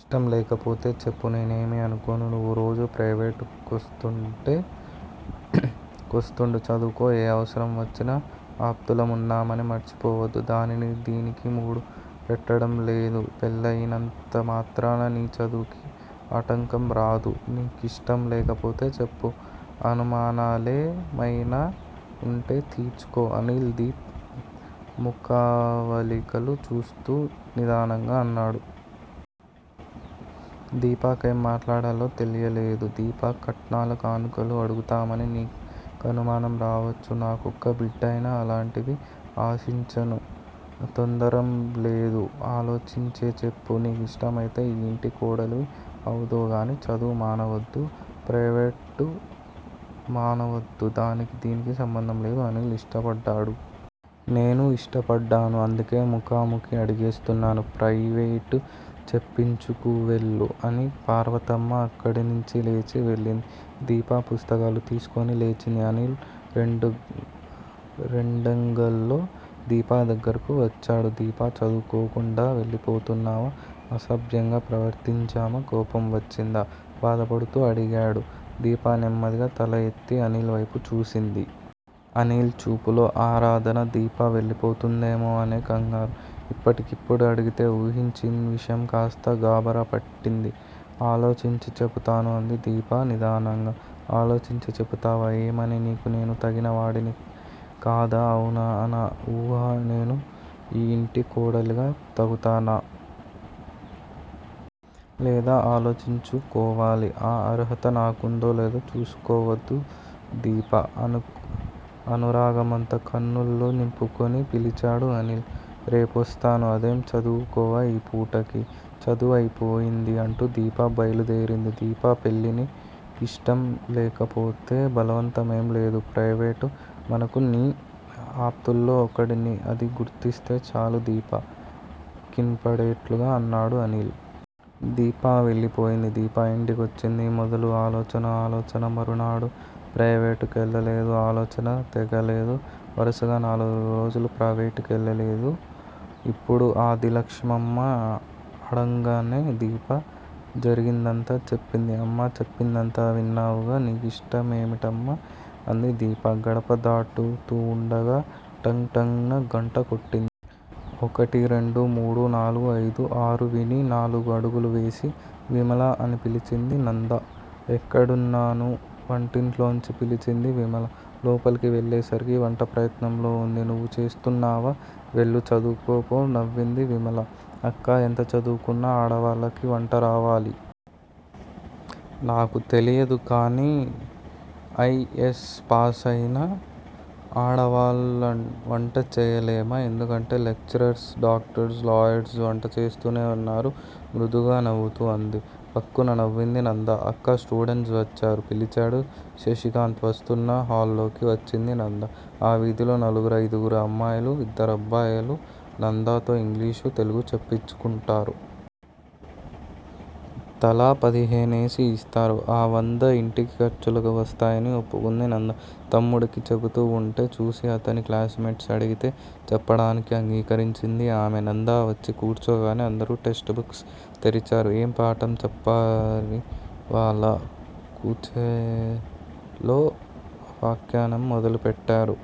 ఇష్టంలేకపోతే చెప్పు. నేనేమీ అనుకోను. నువ్వు రోజూ ప్రవేటుకోస్తుంటే కొస్తూండు. చదువుకో, ఏ అవసరం వచ్చినా ఆప్తులం ఉన్నామని మర్చిపోవద్దు. దానికీ దీనికీ ముడు పెట్టటంలేదు. పెళ్ళయినంత మాత్రాన నీ చదువుకి ఆటంకంరాదు. నీకిష్టం లేకపోతే చెప్పు, అనుమానాలేమయినా వుంటే తీర్చుకో అనిల్ దీప ముఖకవళికలు చూస్తూ నిదానంగా అన్నాడు. దీపకేం మాట్లాడాలో తెలియలేదు. దీపా! కట్నాలు కానుకలు అడుగుతామని నీ కనుమానం రావచ్చు. నాకొక్క బిడ్డయినా అలాంటివి ఆశించను, తొందరేంలేదు ఆలోచించే చెప్పు. నీ కిష్టమైతే ఈ ఇంటి కోడలివి అవుదువుగాని, చదువు మానవద్దు, ప్రవేటు మానవద్దు. దానికీ దీనికీ సంబంధం లేదు. అనిల్ ఇష్టపడ్డాడు. నేను ఇష్టపడ్డాను. అందుకే ముఖాముఖి అడిగేస్తున్నాను. ప్రయివేటు చెప్పించుకు వెళ్ళు. అని పార్వతమ్మ అక్కడినుంచి లేచి వెళ్ళింది. దీప పుస్తకాలు తీసుకుని లేచింది. అనిల్ రెండంగల్లో దీప దగ్గరకు వచ్చాడు. దీపా! చదువుకోకుండా వెళ్ళిపోతున్నావా? అసభ్యంగా ప్రవర్తించామా? కోపం వచ్చిందా? బాధపడుతూ అడిగాడు. దీప నెమ్మదిగా తల ఎత్తి అనిల్ వైపు చూసింది. అనిల్ చూపుల్లో ఆరాధన, దీప వెళ్ళిపోతుందేమో అనే కంగారు. ఇప్పటికిప్పుడు అడిగితే ఊహించని విషయం కాస్త గాభరా పెట్టింది, ఆలోచించి చెపుతాను అంది దీప నిదానంగా. ఆలోచించి చెపుతావా! ఏమని? నీకు నేను తగిన వాడివి కాదా. అవునా! అనా? ఉహూ! నేను ఈ యింటి కోడలిగా తగుతానా! లేదా! ఆలోచించు కోవాలి. ఆ అర్హత నాకుందో లేదో చూసుకోవద్దు దీపా! అనురాగమంతా కన్నుల్లో నింపుకుని పిలిచాడు అనిల్. రేపొస్తాను అదేం చదువుకోవా! ఈ పూటకి చదువయిపోయింది అంటూ దీప బైలు దేరింది. దీపా! పెళ్ళి నీ కిష్టం లేకపోతే బలవంతంలేదు. ప్రవేటు మానకు. నీ ఆప్తుల్లో ఒకడిని అది గుర్తిస్తే చాలు దీప కినపడేటట్లు అన్నాడు అనిల్. దీప వెళ్ళిపోయింది. దీప ఇంటికొచ్చింది మొదలు ఆలోచన ఆలోచన. మరునాడు ప్రవేటు కెళ్ళలేదు. ఆలోచన తెగలేదు వరసగా నాలుగు రోజులు ప్రవేటుకి వెళ్ళలేదు. ఇప్పుడు ఆదిలక్ష్మమ్మ అడగంగానే దీప జరిగిందంతా చెప్పింది. అమ్మా! చెప్పిందంతా విన్నావుగా?! నీ ఇష్టమేమిటమ్మా! అంది దీప. గడప దాటుతూవుండగా టంగ్ టంగ్ న గంట కొట్టింది. ఒకటి, రెండు, మూడు, నాలుగు, ఐదు, ఆరు విని నాలుగు అడుగులు వేసి విమలా! అని పిలిచింది నంద. ఇక్కడున్నాను! వంటింట్లోంచి పిలిచింది విమల. లోపలికి వెళ్ళేసరికి వంట ప్రయత్నంలో వుంది. నువ్వు చేస్తున్నావా? వెళ్ళు! చదువుకో పో! నవ్వింది విమల. అక్కా! ఎంత చదువుకున్నా ఆడవాళ్ళకి వంటరావాలి! నాకు తెలియదు కానీ ఐ. ఎస్. పాసైనా ఆడవాళ్ళు వంట చేయాలేమో! ఎందుకంటే లెక్చరర్స్, డాక్టర్స్, లాయర్స్ వంట చేస్తూనే వున్నారు! మృదువుగా నవ్వుతూ అంది. ఫక్కున నవ్వింది నంద. అక్కా! స్టూడెంట్స్ వచ్చారు! పిలిచాడు శశికాంత్. వస్తున్నా! హాల్లోకి వచ్చింది నంద. ఆ వీధిలో నలుగురైదుగురు అమ్మాయిలు, ఇద్దరబ్బాయిలు నందతో ఇంగ్లీషు, తెలుగు చెప్పించుకుంటారు. తలా పదిహేనేసి ఇస్తారు. ఆ వందా ఇంటి ఖర్చులకి వస్తాయని ఒప్పుకుంది నంద. తమ్ముడికి చెబుతూ వుంటే చూసి అతని క్లాస్ మేట్స్ అడిగితే చెప్పడానికి అంగీకరించింది ఆమె. నంద వచ్చి కూర్చోగానే అందరూ టెస్ట్ బుక్స్ తెరిచారు. ఏం పాఠం చెప్పారివాళ? కుచేలో పాఖ్యానం మొదలెట్టారు!